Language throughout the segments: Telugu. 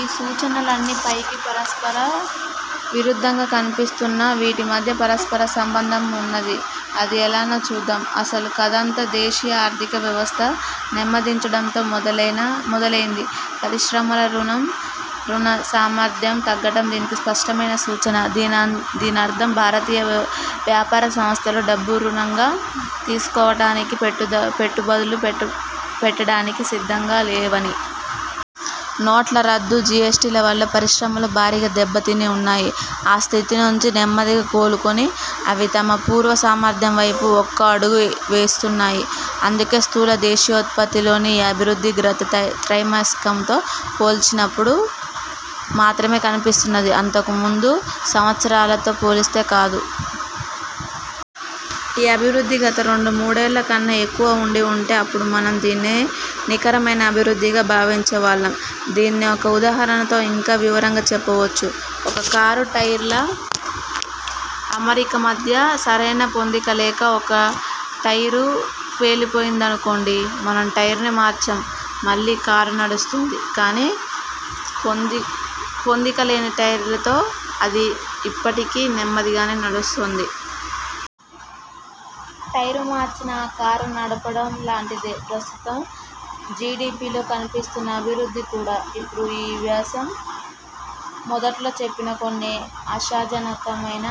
ఈ సూచనలన్నీ పైకి పరస్పర విరుద్ధంగా కనిపిస్తున్నా వీటి మధ్య పరస్పర సంబంధమూ ఉన్నది. అది ఎలానో చూద్దాం. అసలు కథంతా దేశీయ ఆర్థిక వ్యవస్థ నెమ్మదించడంతో మొదలైంది. పరిశ్రమల రుణ సామర్థ్యం తగ్గటం దీనికి స్పష్టమైన సూచన. దీనర్థం భారతీయ వ్యాపార సంస్థలు డబ్బు రుణంగా తీసుకోవటానికీ, పెట్టుబడులు పెట్టడానికీ సిద్ధంగా లేవని. నోట్ల రద్దు, జీఎస్టీల వల్ల పరిశ్రమలు భారీగా దెబ్బతిని వున్నాయి. ఆ స్థితి నుంచి నెమ్మదిగా కోలుకొని అవి తమ పూర్వ సామర్థ్యం వైపు ఒక్కో అడుగూ వేస్తున్నాయి. అందుకే స్థూల దేశీయోత్పత్తిలోని ఈ అభివృద్ధి గత త్రైమాసికంతో పోల్చినప్పుడు మాత్రమే కనిపిస్తున్నది, అంతకుముందు సంవత్సరాలతో పోలిస్తే కాదు. ఈ అభివృద్ధి గత రెండు మూడేళ్ళ కన్నా ఎక్కువ వుండివుంటే అప్పుడు మనం దీన్ని నికరమైన అభివృద్ధిగా భావించేవాళ్ళం. దీన్ని ఒక ఉదా హరణతో ఇంకా వివరంగా చెప్పవచ్చు. ఒక కారు టైర్ల అమరిక మధ్య సరైన పొందిక లేక ఒక టైరు పేలిపోయిందనుకోండి. మనం టైరుని మార్చాం, మళ్ళీ కారు నడుస్తుంది, కానీ పొందిక లేని టైర్లతో అది ఇప్పటికీ నెమ్మదిగానే నడుస్తోంది. టైరు మార్చిన ఆ కారు నడవటం లాంటిదే ప్రస్తుత జీడిపీలో కనిపిస్తున్న అభివృద్ధి కూడా. ఇప్పుడు ఈ వ్యాసం మొదట్లో చెప్పిన కొన్ని ఆశాజనకమైన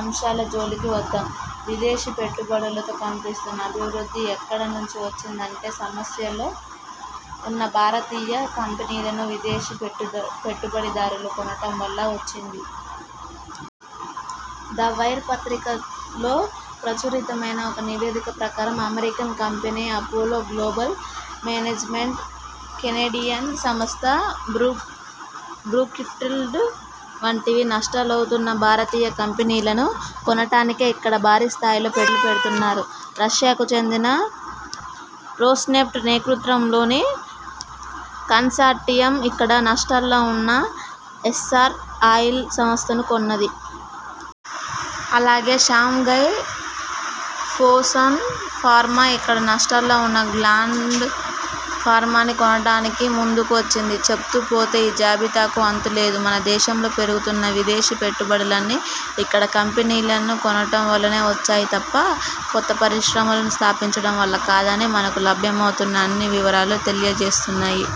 అంశాల జోలికి వద్దాం. విదేశీ పెట్టుబడులలో కనిపిస్తున్న అభివృద్ధి ఎక్కడ నుంచి వచ్చిందంటే– సమస్యల్లో ఉన్న భారతీయ కంపెనీలను విదేశీ పెట్టుబడిదారులు కొనటం వల్ల వచ్చింది. 'ద వైర్' పత్రికలో ప్రచురితమైన ఒక నివేదిక ప్రకారం– American company Apollo Global Management, Canadian సంస్థ బ్రూక్ఫీల్డ్ వంటివి నష్టాల్లోవున్న భారతీయ కంపెనీలను కొనటానికే ఇక్కడ భారీస్థాయిలో పెట్టుబడులు పెడుతున్నాయి. రష్యాకు చెందిన రోస్నెఫ్ట్ నేతృత్వంలోని కన్సార్టియమ్ ఇక్కడ నష్టాల్లో ఉన్న ఎస్సార్ ఆయిల్ సంస్థను కొన్నది. అలాగే షాంఘై ఫోసన్ ఫార్మా ఇక్కడ నష్టాల్లో వున్న గ్లాండ్ ఫార్మాని కొనటానికి ముందుకు వచ్చింది. చెప్తూ పోతే ఈ జాబితాకు అంతు లేదు. మన దేశంలో పెరుగుతున్న విదేశీ పెట్టుబడులన్నీ ఇక్కడ కంపెనీలను కొనటం వల్లనే వచ్చాయి తప్ప, కొత్త పరిశ్రమలను స్థాపించటం వల్ల కాదని మనకు లభ్యమవుతున్న అన్ని వివరాలూ తెలియజేస్తున్నాయి.